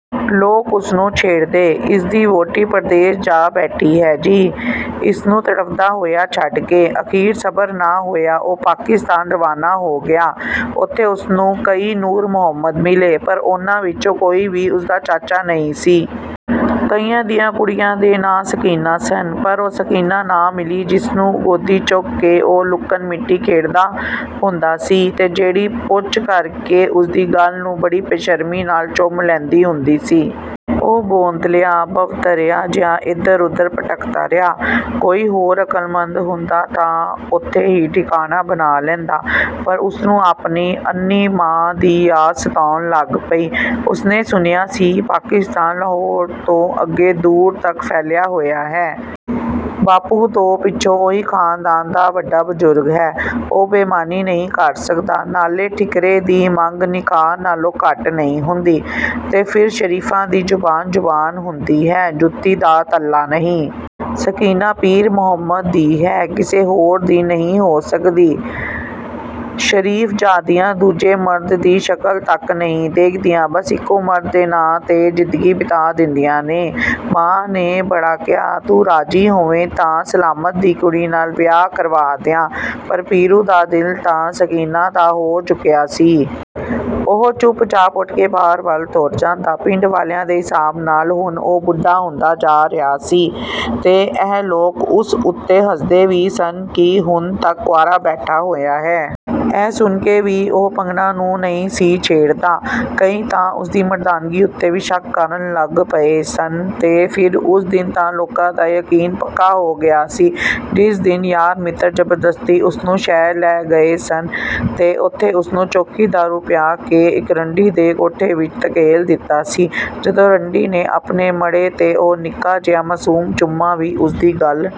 ਲੋਕ ਉਸਨੂੰ ਛੇੜਦੇ, 'ਇਸਦੀ ਵਹੂਟੀ ਪਰਦੇਸ ਜਾ ਬੈਠੀ ਏ ਜੀ, ਇਸਨੂੰ ਤੜਫਦਾ ਹੋਇਆ ਛੱਡ ਕੇ।' ਅਖੀਰ ਸਬਰ ਨਾ ਹੋਇਆ ਤਾਂ ਉਹ ਪਾਕਿਸਤਾਨ ਰਵਾਨਾ ਹੋ ਗਿਆ। ਉੱਥੇ ਉਸਨੂੰ ਕਈ ਨੂਰ ਮੁਹੰਮਦ ਮਿਲੇ, ਪਰ ਉਹਨਾਂ ਵਿੱਚੋਂ ਕੋਈ ਵੀ ਉਸਦਾ ਚਾਚਾ ਨਹੀਂ ਸੀ। ਕਈਆਂ ਦੀਆਂ ਕੁੜੀਆਂ ਦੇ ਨਾਂ ਸਕੀਨਾ ਸਨ, ਪਰ ਉਹ ਸਕੀਨਾ ਨਾ ਮਿਲੀ ਜਿਸਨੂੰ ਗੋਦੀ ਚੁੱਕ ਕੇ ਉਹ ਲੁਕਣ-ਮੀਟੀ ਖੇਡਦਾ ਹੁੰਦਾ ਸੀ ਤੇ ਜਿਹੜੀ 'ਪੁੱਚ' ਕਰਕੇ ਉਸਦੀ ਗੱਲ੍ਹ ਨੂੰ ਬੜੀ ਬੇਸ਼ਰਮੀ ਨਾਲ ਚੁੰਮ ਲੈਂਦੀ ਹੁੰਦੀ ਸੀ। ਉਹ ਬੌਂਦਲਿਆ-ਭੰਵਤਰਿਆ ਜਿਹਾ ਏਧਰ-ਉਧਰ ਭਟਕਦਾ ਰਿਹਾ। ਕੋਈ ਹੋਰ ਅਕਲਮੰਦ ਹੁੰਦਾ ਤਾਂ ਉੱਥੇ ਹੀ ਠਿਕਾਣਾ ਬਣਾ ਲੈਂਦਾ, ਪਰ ਉਸਨੂੰ ਆਪਣੀ ਅੰਨ੍ਹੀ ਮਾਂ ਦੀ ਯਾਦ ਸਤਾਉਣ ਲੱਗ ਪਈ। ਉਸਨੇ ਸੁਣਿਆ ਸੀ, ਪਾਕਿਸਤਾਨ ਲਾਹੌਰ ਤੋਂ ਅੱਗੇ ਦੂਰ ਤੱਕ ਫੈਲਿਆ ਹੋਇਆ ਹੈ। ਬਾਪੂ ਤੋਂ ਪਿੱਛੋਂ ਉਹੀ ਖਾਨਦਾਨ ਦਾ ਵੱਡਾ ਬਜ਼ੁਰਗ ਹੈ। ਉਹ ਬੇਈਮਾਨੀ ਨਹੀਂ ਕਰ ਸਕਦਾ। ਨਾਲੇ ਠੀਕਰੇ ਦੀ ਮੰਗ ਨਿਕਾਹ ਨਾਲੋਂ ਘੱਟ ਨਹੀਂ ਹੁੰਦੀ। ਤੇ ਫਿਰ ਸ਼ਰੀਫਾਂ ਦੀ ਜ਼ੁਬਾਨ, ਜ਼ੁਬਾਨ ਹੁੰਦੀ ਹੈ। ਜੁੱਤੀ ਦਾ ਤਲਾ ਨਹੀਂ। ਸਕੀਨਾ ਪੀਰ ਮੁਹੰਮਦ ਦੀ ਹੈ, ਕਿਸੇ ਹੋਰ ਦੀ ਨਹੀਂ ਹੋ ਸਕਦੀ। ਸ਼ਰੀਫ ਜ਼ਾਦੀਆਂ ਦੂਜੇ ਮਰਦ ਦੀ ਸ਼ਕਲ ਤੱਕ ਨਹੀਂ ਦੇਖਦੀਆਂ। ਬੱਸ ਇੱਕੋ ਮਰਦ ਦੇ ਨਾਂ 'ਤੇ ਜ਼ਿੰਦਗੀ ਬਿਤਾ ਦਿੰਦੀਆਂ ਨੇ। ਮਾਂ ਨੇ ਬੜਾ ਕਿਹਾ,"ਤੂੰ ਰਾਜ਼ੀ ਹੋਵੇਂ ਤਾਂ ਸਲਾਮਤ ਦੀ ਕੁੜੀ ਨਾਲ ਵਿਆਹ ਕਰਵਾ ਦਿਆਂ" ਪਰ ਪੀਰੂ ਦਾ ਦਿਲ ਤਾਂ ਸਕੀਨਾ ਦਾ ਹੋ ਚੁੱਕਿਆ ਸੀ। ਉਹ ਚੁੱਪ-ਚਾਪ ਉੱਠ ਕੇ ਬਾਹਰ ਵੱਲ ਤੁਰ ਜਾਂਦਾ। ਪਿੰਡ ਵਾਲਿਆਂ ਦੇ ਹਿਸਾਬ ਨਾਲ ਹੁਣ ਉਹ ਬੁੱਢਾ ਹੁੰਦਾ ਜਾ ਰਿਹਾ ਸੀ ਤੇ ਇਹ ਲੋਕ ਉਸ ਉੱਤੇ ਹੱਸਦੇ ਵੀ ਸਨ ਕਿ ਹੁਣ ਤੱਕ ਕੁਆਰਾ ਬੈਠਾ ਹੋਇਆ ਹੈ। ਇਹ ਸੁਣ ਕੇ ਵੀ ਉਹ ਭੰਗਣਾ ਨੂੰ ਨਹੀਂ ਸੀ ਛੇੜਦਾ, ਕਈ ਤਾਂ ਉਸਦੀ ਮਰਦਾਨਗੀ ਉੱਤੇ ਵੀ ਸ਼ੱਕ ਕਰਨ ਲੱਗ ਪਏ ਸਨ ਤੇ ਫਿਰ ਉਸ ਦਿਨ ਤਾਂ ਲੋਕਾਂ ਦਾ ਯਕੀਨ ਪੱਕਾ ਹੋ ਗਿਆ ਸੀ ਜਿਸ ਦਿਨ ਯਾਰ-ਮਿੱਤਰ ਜ਼ਬਰਦਸਤੀ ਉਸਨੂੰ ਸ਼ਹਿਰ ਲੈ ਗਏ ਸਨ ਤੇ ਉੱਥੇ ਉਸਨੂੰ ਚੋਖੀ ਦਾਰੂ ਪਿਆ ਕੇ ਇੱਕ ਰੰਡੀ ਦੇ ਕੋਠੇ ਵਿੱਚ ਧਕੇਲ ਦਿੱਤਾ ਸੀ‌‌, ਜਦੋਂ ਰੰਡੀ ਨੇ ਆਪਣੇ ਮੜ੍ਹੇ ਤੇ ਉਹ ਨਿੱਕਾ ਜਿਹਾ ਮਾਸੂਮ ਚੁੰਮਾ ਵੀ ਉਸਦੀ ਗੱਲ੍ਹ।